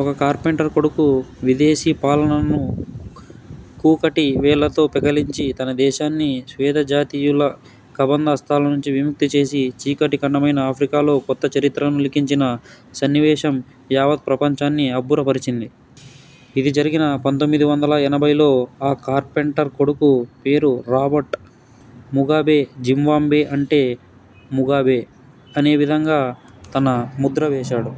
ఒక కార్పెంటర్ కొడుకు.. విదేశీ పాలనను కూకటి వేళ్ళతో పెకలించి, తన దేశాన్ని శ్వేత జాతీయుల కబంధ హస్తాల నుంచి విముక్తి చేసి, చీకటి ఖండమైన ఆఫ్రికాలో కొత్త చరిత్రను లిఖించిన సన్నివేశం యావత్ ప్రపంచాన్నీ అబ్బుర పరిచింది. ఇది జరిగినది పంతొమ్మిది వందల ఎనభైలో, ఆ కార్పెంటర్ కొడుకు పేరు రాబర్ట్ ముగాబే, జింబాబ్వే అంటే ముగాబే అనే విధంగా తన ముద్ర వేశాడు.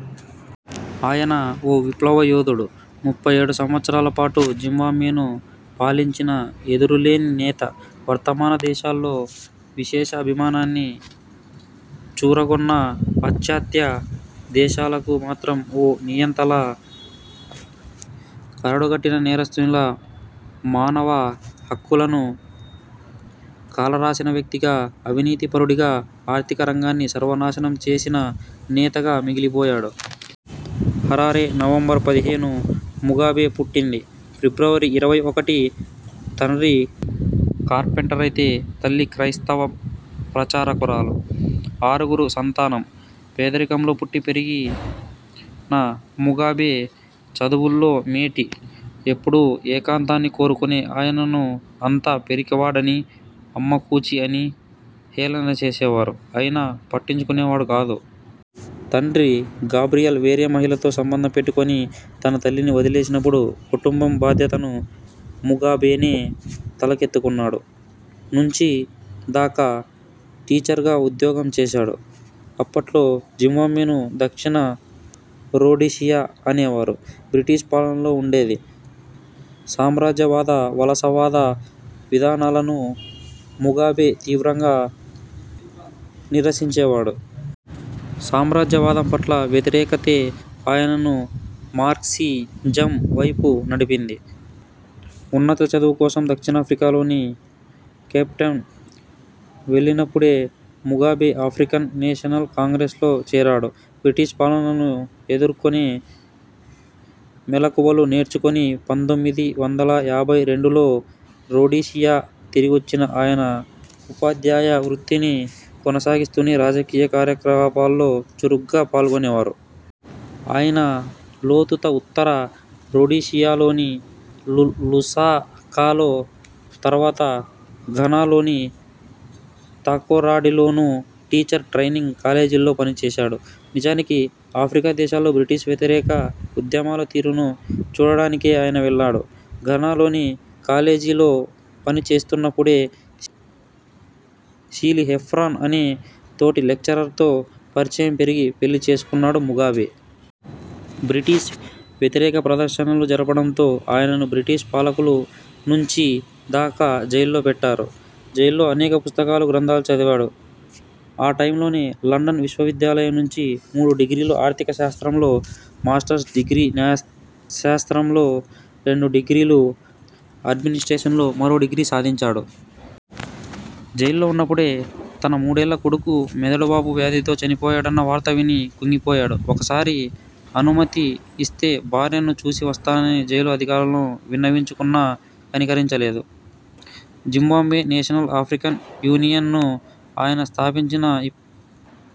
ఆయన ఓ విప్లవ యోధుడు. ముప్పై ఏడు సంవత్సరాల పాటు జింబాబ్వేను పాలించిన ఎదురులేని నేత. వర్థమాన దేశాల్లో విశేష అభిమానాన్ని చూరగొన్నా పాశ్చాత్య దేశాలకు మాత్రం ఓ నియంతలా, కరడుగట్టిన నేరస్తుడిలా, మానవ హక్కులను కాలరాసిన వ్యక్తిగా, అవినీతి పరుడిగా, ఆర్థిక రంగాన్ని సర్వనాశనం చేసిన నేతగా మిగిలిపోయాడు. హరారే, నవంబర్ పదిహేను ముగాబే పుట్టింది ఫిబ్రవరి ఇరవై ఒకటి. తండ్రి కార్పెంటరైతే తల్లి క్రైస్తవ ప్రచారకురాలు. ఆరుగురు సంతానం. పేదరికంలో పుట్టి పెరిగిన ముగాబే చదువుల్లో మేటి. ఎప్పుడూ ఏకాంతాన్ని కోరుకునే ఆయనను అంతా పిరికివాడని, అమ్మ కూచి అని హేళన చేసేవారు. అయినా పట్టించుకునే వాడు కాదు. తండ్రి గాబ్రియల్ వేరే మహిళతో సంబంధం పెట్టుకొని తన తల్లిని వదిలేసినపుడు కుటుంబం బాధ్యతను ముగాబేనే తలకెత్తుకున్నాడు. నుంచి దాకా టీచర్గా ఉద్యోగం చేశాడు. అప్పట్లో జింబాబ్వేను దక్షిణ రొడీషియా అనేవారు. బ్రిటిష్ పాలనలో ఉండేది. సామ్రాజ్యవాద, వలస వాద విధానాలను ముగాబే తీవ్రంగా నిరసించేవాడు. సామ్రాజ్యవాదం పట్ల వ్యతిరేకతే ఆయనను మార్క్సిజం వైపు నడిపింది. ఉన్నత చదువు కోసం దక్షిణాఫ్రికాలోని కేప్టౌన్ వెళ్ళినపుడే ముగాబే ఆఫ్రికన్ నేషనల్ కాంగ్రెస్ లో చేరాడు. బ్రిటిష్ పాలనను ఎదుర్కొనే మెళకువలు నేర్చుకుని పంతొమ్మిది వందల యాభై రెండులో రొడీషియా తిరిగొచ్చిన ఆయన ఉపాధ్యాయ వృత్తిని కొనసాగిస్తూనే రాజకీయ కార్యకలాపాల్లో చురుగ్గా పాల్గొనేవారు. ఆయన తొలుత ఉత్తర రొడీషియాలోని లుసాకాలో, తర్వాత ఘనాలోని తాకొరాడిలోనూ టీచర్ ట్రైనింగ్ కాలేజీల్లో పనిచేశాడు. నిజానికి ఆఫ్రికా దేశాల్లో బ్రిటిష్ వ్యతిరేక ఉద్యమాల తీరును చూడడానికే ఆయన వెళ్ళాడు. ఘనా లోని కాలేజీలో పని చేస్తున్నపుడే శాలీ హేఫ్రాన్ అనే తోటి లెక్చరర్తో పరిచయం పెరిగి పెళ్లి చేసుకున్నాడు ముగాబే. బ్రిటిష్ వ్యతిరేక ప్రదర్శనలు జరపడంతో ఆయనను బ్రిటిష్ పాలకులు నుంచి దాకా జైల్లో పెట్టారు. జైల్లో అనేక పుస్తకాలు, గ్రంథాలు చదివాడు. ఆ టైమ్లోనే లండన్ విశ్వవిద్యాలయం నుంచి మూడు డిగ్రీలు, ఆర్థిక శాస్త్రంలో మాస్టర్స్ డిగ్రీ, న్యాయశాస్త్రంలో రెండు డిగ్రీలు, అడ్మినిస్ట్రేషన్లో మరో డిగ్రీ సాధించాడు. జైల్లో ఉన్నపుడే తన మూడేళ్ళ కొడుకు మెదడు వాపు వ్యాధితో చనిపోయాడన్న వార్త విని కుంగిపోయాడు. ఒకసారి అనుమతి ఇస్తే భార్యను చూసి వస్తానని జైలు అధికారులకు విన్నవించుకున్నా కనికరించలేదు. జింబాబ్వే నేషనల్ ఆఫ్రికన్ యూనియన్ ను ఆయన స్థాపించినా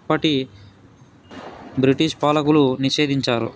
అప్పటి బ్రిటిష్ పాలకులు నిషేధించారు.